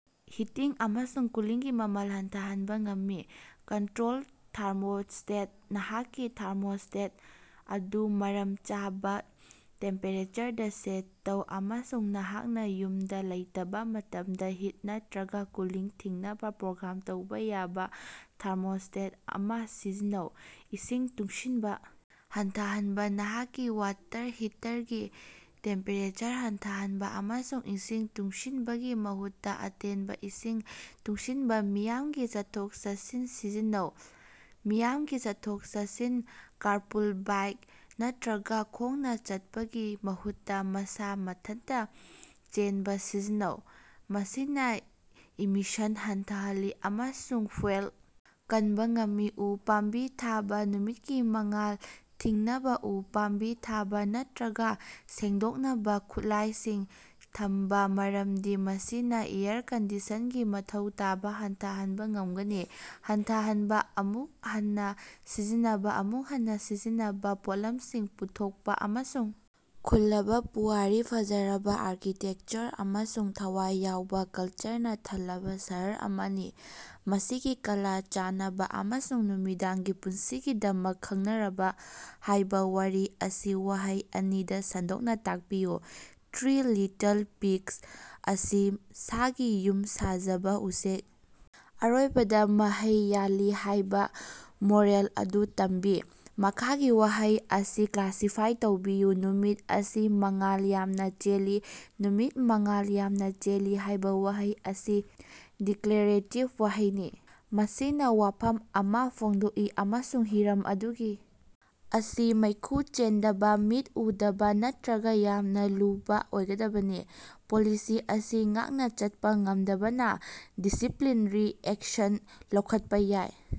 Heating ꯑꯃꯁꯨꯡ ꯀꯨꯂꯤꯡꯒꯤ ꯃꯃꯜ ꯍꯟꯊꯍꯅꯕꯥ ꯉꯝꯃꯤ꯫ ꯀꯟꯇꯔꯣꯜ ꯊꯥꯔꯃꯣꯁ꯭ꯇꯦꯠ: ꯅꯍꯥꯛꯀꯤ ꯊꯥꯔꯃꯣꯁ꯭ꯇꯦꯠ ꯑꯗꯨ ꯃꯔꯝ ꯆꯥꯕꯥ ꯇꯦꯝꯄꯦꯔꯦꯆꯔꯗꯥ ꯁꯦꯠ ꯇꯧ, ꯑꯃꯁꯨꯡ ꯅꯍꯥꯛꯅꯥ ꯌꯨꯝꯗꯥ ꯂꯩꯇꯕꯥ ꯃꯇꯝꯗꯥ ꯍꯤꯠ ꯅꯠꯇꯔꯒꯥ ꯀꯨꯂꯤꯡ ꯊꯤꯡꯅꯕ ꯄ꯭ꯔꯣꯒ꯭ꯔꯥꯝ ꯇꯧꯕꯥ ꯌꯥꯕ ꯊꯥꯔꯃꯣꯁ꯭ꯇꯦꯠ ꯑꯃ ꯁꯤꯖꯤꯟꯅꯧ꯫ ꯏꯁꯤꯡ ꯇꯨꯡꯁꯤꯟꯕ ꯍꯟꯊꯍꯟꯕ: ꯅꯍꯥꯛꯀꯤ ꯋꯥꯇꯔ ꯍꯤꯇꯔꯒꯤ ꯇꯦꯝꯄꯦꯔꯦꯆꯔ ꯍꯟꯊꯍꯟꯕ, ꯑꯃꯁꯨꯡ ꯏꯁꯤꯡ ꯇꯨꯡꯁꯤꯟꯕꯒꯤ ꯃꯍꯨꯠꯇ ꯑꯇꯦꯟꯕ ꯏꯁꯤꯡ ꯇꯨꯡꯁꯤꯟꯕꯥ꯫ ꯃꯤꯌꯥꯝꯒꯤ ꯆꯠꯊꯣꯛ-ꯆꯠꯁꯤꯟ ꯁꯤꯖꯤꯟꯅꯧ: ꯃꯤꯌꯥꯝꯒꯤ ꯆꯠꯊꯣꯛ-ꯆꯠꯁꯤꯟ, ꯀꯥꯔꯄꯨꯜ, ꯕꯥꯏꯛ ꯅꯠꯇꯔꯒ ꯈꯣꯡꯅ ꯆꯠꯄꯒꯤ ꯃꯍꯨꯠꯇ ꯃꯁꯥ ꯃꯊꯟꯇ ꯆꯦꯟꯕꯥ ꯁꯤꯖꯤꯟꯅꯧ꯫ ꯃꯁꯤꯅ ꯏꯃꯤꯁꯟ ꯍꯟꯊꯍꯜꯂꯤ ꯑꯃꯁꯨꯡ ꯐ꯭ꯌꯨꯑꯦꯜ ꯀꯟꯕ ꯉꯝꯃꯤ꯫ ꯎ ꯄꯥꯝꯕꯤ ꯊꯥꯕ: ꯅꯨꯃꯤꯠꯀꯤ ꯃꯉꯥꯜ ꯊꯤꯡꯅꯕ ꯎ ꯄꯥꯝꯕꯤ ꯊꯥꯕ ꯅꯠꯇꯔꯒ ꯁꯦꯡꯗꯣꯛꯅꯕꯥ ꯈꯨꯠꯂꯥꯌꯁꯤꯡ ꯊꯝꯕ, ꯃꯔꯝꯗꯤ ꯃꯁꯤꯅꯥ ꯑꯦꯌꯔ ꯀꯟꯗꯤꯁꯟꯒꯤ ꯃꯊꯧ ꯇꯥꯕ ꯍꯟꯊꯍꯟꯕꯥ ꯉꯝꯒꯅꯤ꯫ ꯍꯟꯊꯍꯟꯕ, ꯑꯃꯨꯛ ꯍꯟꯅꯥ ꯁꯤꯖꯤꯟꯅꯕꯥ, ꯑꯃꯨꯛ ꯍꯟꯅꯥ ꯁꯤꯖꯤꯟꯅꯕꯥ: ꯄꯣꯠꯂꯝꯁꯤꯡ ꯄꯨꯊꯣꯀꯄꯥ ꯑꯃꯁꯨꯡ ꯈꯨꯜꯂꯕ ꯄꯨꯋꯥꯔꯤ, ꯐꯖꯔꯕꯥ ꯑꯥꯔꯀꯤꯇꯦꯛꯆꯔ ꯑꯃꯁꯨꯡ ꯊꯋꯥꯏ ꯌꯥꯎꯕꯥ ꯀꯜꯆꯔꯅꯥ ꯊꯜꯂꯕꯥ ꯁꯍꯔ ꯑꯃꯅꯤ꯫ ꯃꯁꯤꯒꯤ ꯀꯂꯥ, ꯆꯥꯅꯕ, ꯑꯃꯁꯨꯡ ꯅꯨꯃꯤꯗꯥꯡꯒꯤ ꯄꯨꯟꯁꯤꯒꯤꯗꯃꯛ ꯈꯪꯅꯔꯕꯥ꯫ ꯍꯥꯏꯕꯥ ꯋꯥꯔꯤ ꯑꯁꯤ ꯋꯥꯍꯩ ꯑꯅꯤꯗ ꯁꯟꯗꯣꯛꯅ ꯇꯥꯛꯄꯤꯌꯨ꯫ ꯊ꯭ꯔꯤ ꯂꯤꯇꯜ ꯄꯤꯒꯁ ꯑꯁꯤ ꯁꯥꯒꯤ ꯌꯨꯝ ꯁꯥꯖꯕ ꯎꯆꯦꯛ ꯑꯔꯣꯏꯕꯗꯥ ꯃꯍꯩ ꯌꯥꯜꯂꯤ ꯍꯥꯏꯕꯥ ꯃꯣꯔꯦꯜ ꯑꯗꯨ ꯇꯝꯕꯤ꯫ ꯃꯈꯥꯒꯤ ꯋꯥꯍꯩ ꯑꯁꯤ ꯀ꯭ꯂꯥꯁꯤꯐꯥꯏ ꯇꯧꯕꯤꯌꯨ: "ꯅꯨꯃꯤꯠ ꯑꯁꯤ ꯃꯉꯥꯜ ꯌꯥꯝꯅꯥ ꯆꯦꯜꯂꯤ꯫" "ꯅꯨꯃꯤꯠ ꯃꯉꯥꯜ ꯌꯥꯝꯅꯥ ꯆꯦꯜꯂꯤ" ꯍꯥꯏꯕ ꯋꯥꯍꯩ ꯑꯁꯤ ꯗꯤꯀꯂꯥꯔꯦꯇꯤꯕ ꯋꯥꯍꯩꯅꯤ꯫ ꯃꯁꯤꯅ ꯋꯥꯐꯝ ꯑꯃ ꯐꯣꯡꯗꯣꯛꯏ ꯑꯃꯁꯨꯡ ꯍꯤꯔꯝ ꯑꯗꯨꯒꯤ ꯑꯁꯤ ꯃꯩꯈꯨ ꯆꯦꯟꯗꯕ, ꯃꯤꯠ ꯎꯗꯕ ꯅꯠꯇꯔꯒ ꯌꯥꯝꯅ ꯂꯨꯕꯥ ꯑꯣꯏꯒꯗꯕꯅꯤ꯫ ꯄꯣꯂꯤꯁꯤ ꯑꯁꯤ ꯉꯥꯛꯅ ꯆꯠꯄ ꯉꯝꯗꯕꯅ ꯗꯤꯁꯤꯞꯂꯤꯅꯔꯤ ꯑꯦꯛꯁꯟ ꯂꯧꯈꯠꯄꯥ ꯌꯥꯏ꯫